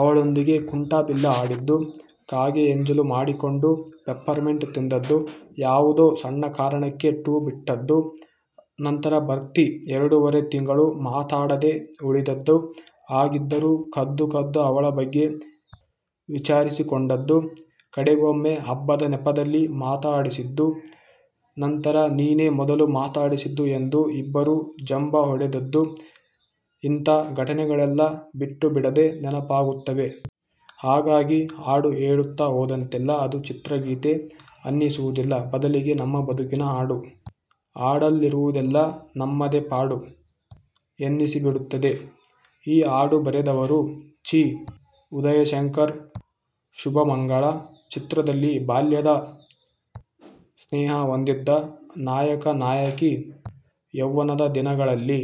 ಅವಳೊಂದಿಗೆ ಕುಂಟಾಬಿಲ್ಲೆ ಆಡಿದ್ದು, ಕಾಗೆ ಎಂಜಲು ಮಾಡಿಕೊಂಡು ಪೆಪ್ಪರ್ಮೆಂಟ್ ತಿಂದದ್ದು, ಯಾವುದೋ ಸಣ್ಣ ಕಾರಣಕ್ಕೆ 'ಠೂ' ಬಿಟ್ಟಿದ್ದು, ನಂತರ ಭರ್ತಿ ಎರಡೂವರೆ ತಿಂಗಳು ಮಾತಾಡದೆ ಉಳಿದದ್ದು ಹಾಗಿದ್ದರೂ ಕದ್ದು ಕದ್ದು ಅವಳ ಬಗ್ಗೆ ವಿಚಾರಿಸಿಕೊಂಡದ್ದು, ಕಡೆಗೊಮ್ಮೆ ಹಬ್ಬದ ನೆಪದಲ್ಲಿ ಮಾತಾಡಿಸಿದ್ದು ನಂತರ-ನೀನೇ ಮೊದಲು ಮಾತಾಡಿಸಿದ್ದು ಎಂದು ಇಬ್ಬರೂ ಜಂಭ ಹೊಡೆದದ್ದು ಇಂಥ ಘಟನೆಗಳೆಲ್ಲ ಬಿಟ್ಟೂ ಬಿಡದೆ ನೆನಪಾಗುತ್ತವೆ. ಹಾಗಾಗಿ, ಹಾಡು ಕೇಳುತ್ತಾ ಹೋದಂತೆಲ್ಲ ಅದು ಚಿತ್ರಗೀತೆ ಅನ್ನಿಸುವುದಿಲ್ಲ. ಬದಲಿಗೆ, ನಮ್ಮ ಬದುಕಿನ ಹಾಡು, ಹಾಡಲ್ಲಿರುವುದೆಲ್ಲ ನಮ್ಮದೇ ಪಾಡು ಎನ್ನಿಸಿಬಿಡುತ್ತದೆ. ಈ ಹಾಡು ಬರೆದವರು ಚಿ. ಉದಯಶಂಕರ್. 'ಶುಭಮಂಗಳ' ಚಿತ್ರದಲ್ಲಿ ಬಾಲ್ಯದ 'ಸ್ನೇಹ' ಹೊಂದಿದ್ದ ನಾಯಕ-ನಾಯಕಿ ಯೌವ್ವನದ ದಿನಗಳಲ್ಲಿ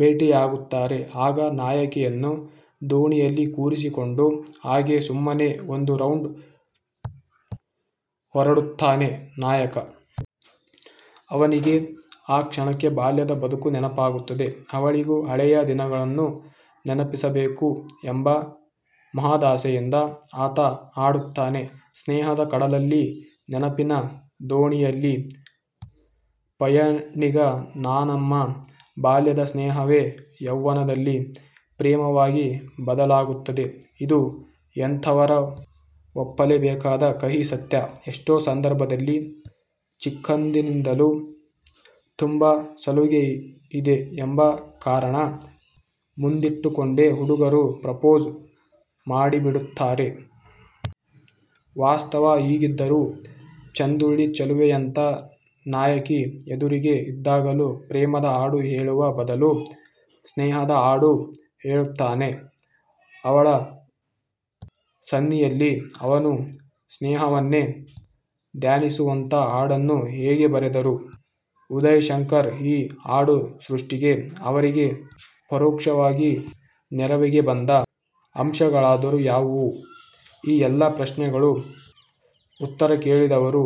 ಭೇಟಿಯಾಗುತ್ತಾರೆ. ಆಗ ನಾಯಕಿಯನ್ನು ದೋಣಿಯಲ್ಲಿ ಕೂರಿಸಿಕೊಂಡು ಹಾಗೇ ಸುಮ್ಮನೆ ಒಂದು ರೌಂಡ್ ಹೊರಡುತ್ತಾನೆ ನಾಯಕ. ಅವನಿಗೆ ಆ ಕ್ಷಣಕ್ಕೆ ಬಾಲ್ಯದ ಬದುಕು ನೆನಪಾಗುತ್ತದೆ. ಅವಳಿಗೂ ಹಳೆಯ ದಿನಗಳನ್ನು ನೆನಪಿಸಬೇಕು ಎಂಬ ಮಹದಾಸೆಯಿಂದ ಆತ ಹಾಡುತ್ತಾನೆ: 'ಸ್ನೇಹದ ಕಡಲಲ್ಲೀ ನೆನಪಿನ ದೋಣಿಯಲೀ ಪಯಣಿಗ ನಾನಮ್ಮ' 'ಬಾಲ್ಯದ ಸ್ನೇಹವೇ ಯೌವ್ವನದಲ್ಲಿ ಪ್ರೇಮವಾಗಿ ಬದಲಾಗುತ್ತದೆ'. -ಇದು ಎಂಥವರೂ ಒಪ್ಪಲೇಬೇಕಾದ ಕಹಿ ಸತ್ಯ. ಎಷ್ಟೋ ಸಂದರ್ಭದಲ್ಲಿ ಚಿಕ್ಕಂದಿನಿಂದಲೂ ತುಂಬಾ ಸಲುಗೆಯಿದೆ ಎಂಬ ಕಾರಣ ಮುಂದಿಟ್ಟುಕೊಂಡೇ ಹುಡುಗರು ಪ್ರೊಪೋಸ್ ಮಾಡಿಬಿಡುತ್ತಾರೆ. ವಾಸ್ತವ ಹೀಗಿದ್ದರೂ, ಚಂದುಳ್ಳಿ ಚೆಲುವೆಯಂಥ ನಾಯಕಿ ಎದುರಿಗೇ ಇದ್ದಾಗಲೂ ಪ್ರೇಮದ ಹಾಡು ಹೇಳುವ ಬದಲು ಸ್ನೇಹದ ಹಾಡು ಹೇಳುತ್ತಾನೆ. 'ಅವಳ' ಸನ್ನಿಯಲ್ಲಿ 'ಅವನು' ಸ್ನೇಹವನ್ನೇ ಧ್ಯಾನಿಸುವಂಥ ಹಾಡನ್ನು ಹೇಗೆ ಬರೆದರು ಉದಯಶಂಕರ್ ಈ ಹಾಡು ಸೃಷ್ಟಿಗೆ ಅವರಿಗೆ ಪರೋಕ್ಷವಾಗಿ ನೆರವಿಗೆ ಬಂದ ಅಂಶಗಳಾದರೂ ಯಾವುವು? ಈ ಎಲ್ಲ ಪ್ರಶ್ನೆಗಳಿಗೂ ಉತ್ತರ ಹೇಳಿದವರು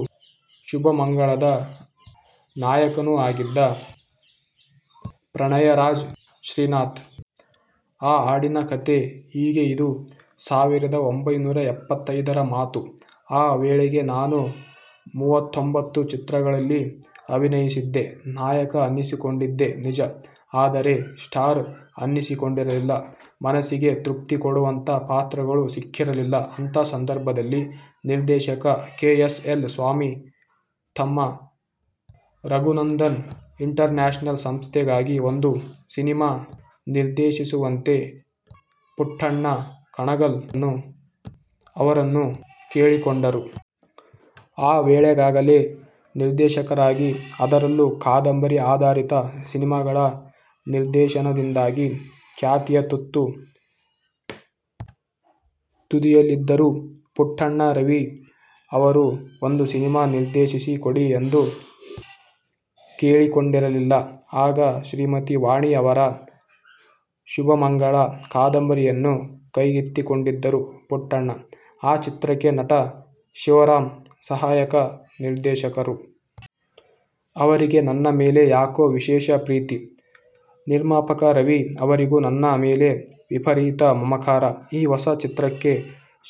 'ಶುಭಮಂಗಳ'ದ ನಾಯಕನೂ ಆಗಿದ್ದ ಪ್ರಣಯ ರಾಜ ಶ್ರೀನಾಥ್. ಆ ಹಾಡಿನ ಕಥೆ ಹೀಗೆ ಇದು ಸಾವಿರದ ಒಂಭೈನೂರ ಎಪ್ಪತ್ತೈದರ ಮಾತು. ಆ ವೇಳೆಗೆ ನಾನು ಮೂವತ್ತೊಂಭತ್ತು ಚಿತ್ರಗಳಲ್ಲಿ ಅಭಿನಯಿಸಿದ್ದೆ. ನಾಯಕ ಅನ್ನಿಸಿಕೊಂಡಿದ್ದೆ ನಿಜ. ಆದರೆ 'ಸ್ಟಾರ್' ಅನ್ನಿಸಿಕೊಂಡಿರಲಿಲ್ಲ. ಮನಸ್ಸಿಗೆ ತೃಪ್ತಿಕೊಡುವಂಥ ಪಾತ್ರಗಳು ಸಿಕ್ಕಿರಲಿಲ್ಲ. ಅಂಥ ಸಂದರ್ಭದಲ್ಲಿ ನಿರ್ದೇಶಕ ಕೆ. ಎಸ್. ಎಲ್. ಸ್ವಾಮಿ ತಮ್ಮ ರಘುನಂದನ್ ಇಂಟರ್ನ್ಯಾಷನಲ್ ಸಂಸ್ಥೆಗಾಗಿ ಒಂದು ಸಿನಿಮಾ ನಿರ್ದೇಶಿಸುವಂತೆ ಪುಟ್ಟಣ್ಣ ಕಣಗಾಲ್ ಅವರನ್ನು ಕೇಳಿಕೊಂಡರು. ಆ ವೇಳೆಗಾಗಲೇ ನಿರ್ದೇಶಕರಾಗಿ, ಅದರಲ್ಲೂ ಕಾದಂಬರಿ ಆಧಾರಿತ ಸಿನಿಮಾಗಳ ನಿರ್ದೇಶನದಿಂದಾಗಿ ಖ್ಯಾತಿಯ ತುತ್ತ ತುದಿಯಲ್ಲಿದ್ದರು ಪುಟ್ಟಣ್ಣ. ರವೀ ಅವರು ಒಂದು ಸಿನಿಮಾ ನಿರ್ದೇಶಿಸಿ ಕೊಡಿ ಎಂದು ಕೇಳಿಕೊಂಡರಲ್ಲ? ಆಗ, ಶ್ರೀಮತಿ 'ವಾಣಿ' ಅವರ 'ಶುಭಮಂಗಳ' ಕಾದಂಬರಿಯನ್ನು ಕೈಗೆತ್ತಿಕೊಂಡಿದ್ದರು ಪುಟ್ಟಣ್ಣ. ಆ ಚಿತ್ರಕ್ಕೆ ನಟ ಶಿವರಾಂ ಸಹಾಯಕ ನಿರ್ದೇಶಕರು. ಅವರಿಗೆ ನನ್ನ ಮೇಲೆ ಯಾಕೋ ವಿಶೇಷ ಪ್ರೀತಿ. ನಿರ್ಮಾಪಕ ರವೀ ಅವರಿಗೂ ನನ್ನ ಮೇಲೆ ವಿಪರೀತ ಮಮಕಾರ. ಈ ಹೊಸ ಚಿತ್ರಕ್ಕೆ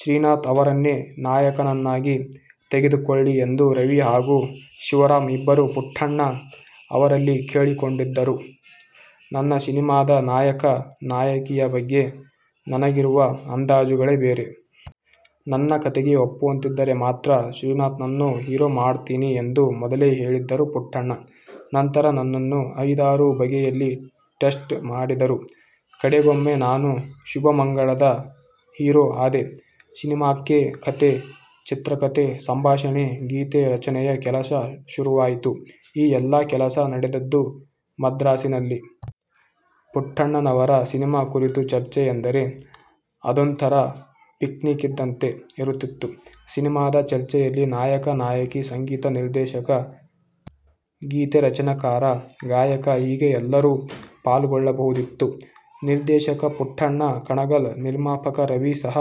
ಶ್ರೀನಾಥ್ ಅವರನ್ನೇ ನಾಯಕನನ್ನಾಗಿ ತೆಗೆದುಕೊಳ್ಳಿ ಎಂದು ರವೀ ಹಾಗೂ ಶಿವರಾಂ ಇಬ್ಬರೂ ಪುಟ್ಟಣ್ಣ ಅವರಲ್ಲಿ ಕೇಳಿಕೊಂಡಿದ್ದರು. 'ನನ್ನ ಸಿನಿಮಾದ ನಾಯಕ-ನಾಯಕಿಯ ಬಗ್ಗೆ ನನಗಿರುವ ಅಂದಾಜುಗಳೇ ಬೇರೆ. ನನ್ನ ಕಥೆಗೆ ಒಪ್ಪುವಂತಿದ್ದರೆ ಮಾತ್ರ ಶ್ರೀನಾಥ್ನನ್ನು ಹೀರೋ ಮಾಡ್ತೀನಿ' ಎಂದು ಮೊದಲೇ ಹೇಳಿದ್ದರು ಪುಟ್ಟಣ್ಣ. ನಂತರ, ನನ್ನನ್ನು ಐದಾರು ಬಗೆಯಲ್ಲಿ 'ಟೆಸ್ಟ್' ಮಾಡಿದರು. ಕಡೆಗೊಮ್ಮೆ ನಾನು 'ಶುಭಮಂಗಳ'ದ ಹೀರೋ ಆದೆ. ಸಿನಿಮಾಕ್ಕೆ ಕಥೆ, ಚಿತ್ರಕಥೆ, ಸಂಭಾಷಣೆ, ಗೀತೆ ರಚನೆಯ ಕೆಲಸ ಶುರುವಾಯಿತು. ಈ ಎಲ್ಲ ಕೆಲಸ ನಡೆದದ್ದು ಮದ್ರಾಸಿನಲ್ಲಿ. ಪುಟ್ಟಣ್ಣನವರ ಸಿನಿಮಾ ಕುರಿತ ಚರ್ಚೆ ಎಂದರೆ, ಅದೊಂಥರಾ ಪಿಕ್ನಿಕ್ ಇದ್ದಂತೆ ಇರುತ್ತಿತ್ತು. ಸಿನಿಮಾದ ಚರ್ಚೆಯಲ್ಲಿ ನಾಯಕ, ನಾಯಕಿ, ಸಂಗೀತ ನಿರ್ದೇಶಕ, ಗೀತೆರಚನೆಕಾರ, ಗಾಯಕ. ಹೀಗೆ ಎಲ್ಲರೂ ಪಾಲ್ಗೊಳ್ಳಬಹುದಿತ್ತು. ನಿರ್ದೇಶಕ ಪುಟ್ಟಣ್ಣ ಕಣಗಾಲ್, ನಿರ್ಮಾಪಕ ರವೀ, ಸಹ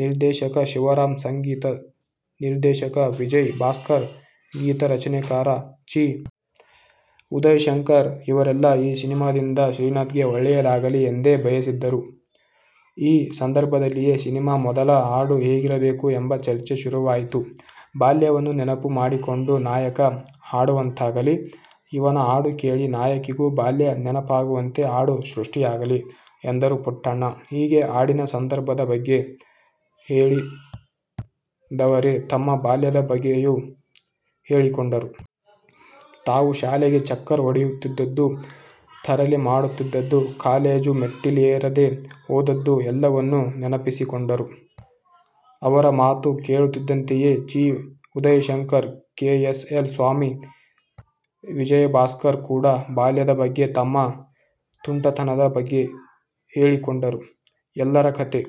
ನಿರ್ದೇಶಕ ಶಿವರಾಂ, ಸಂಗೀತ ನಿರ್ದೇಶಕ ವಿಜಯ ಭಾಸ್ಕರ್, ಗೀತ ರಚನೆಕಾರ ಚಿ. ಉದಯಶಂಕರ್ ಇವರೆಲ್ಲಾ ಈ ಸಿನಿಮಾದಿಂದ ಶ್ರೀನಾಥ್ಗೆ ಒಳ್ಳೆಯದಾಗಲಿ ಎಂದೇ ಬಯಸಿದ್ದರು. ಈ ಸಂದರ್ಭದಲ್ಲಿಯೇ- ಸಿನಿಮಾ ಮೊದಲ ಹಾಡು ಹೇಗಿರಬೇಕು ಎಂಬ ಚರ್ಚೆ ಶುರುವಾಯಿತು. 'ಬಾಲ್ಯವನ್ನು ನೆನಪು ಮಾಡಿಕೊಂಡು ನಾಯಕ ಹಾಡುವಂತಾಗಲಿ. ಇವನ ಹಾಡು ಕೇಳಿ ನಾಯಕಿಗೂ ಬಾಲ್ಯ ನೆನಪಾಗುವಂತೆ ಹಾಡು ಸೃಷ್ಟಿಯಾಗಲಿ' ಎಂದರು ಪುಟ್ಟಣ್ಣ. ಹೀಗೆ, ಹಾಡಿನ ಸಂದರ್ಭದ ಬಗ್ಗೆ ಹೇಳಿದವರೇ ತಮ್ಮ ಬಾಲ್ಯದ ಬಗ್ಗೆಯೂ ಹೇಳಿಕೊಂಡರು. ತಾವು ಶಾಲೆಗೆ ಚಕ್ಕರ್ ಹೊಡೆಯುತ್ತಿದ್ದುದು, ತರಲೆ ಮಾಡುತ್ತಿದ್ದುದು, ಕಾಲೇಜು ಮೆಟ್ಟೀಲೇರದೇ ಹೋದದ್ದು ಎಲ್ಲವನ್ನೂ ನೆನಪಿಸಿಕೊಂಡರು. ಅವರ ಮಾತು ಕೇಳುತ್ತಿದ್ದಂತೆಯೇ Chi. Udayashankar, K. S. L. Swamy, Vijayabhaskar ಕೂಡ ಬಾಲ್ಯದ ಬಗ್ಗೆ ತಮ್ಮ ತುಂಟತನದ ಬಗ್ಗೆ ಹೇಳಿಕೊಂಡರು. ಎಲ್ಲರ ಕಥೆ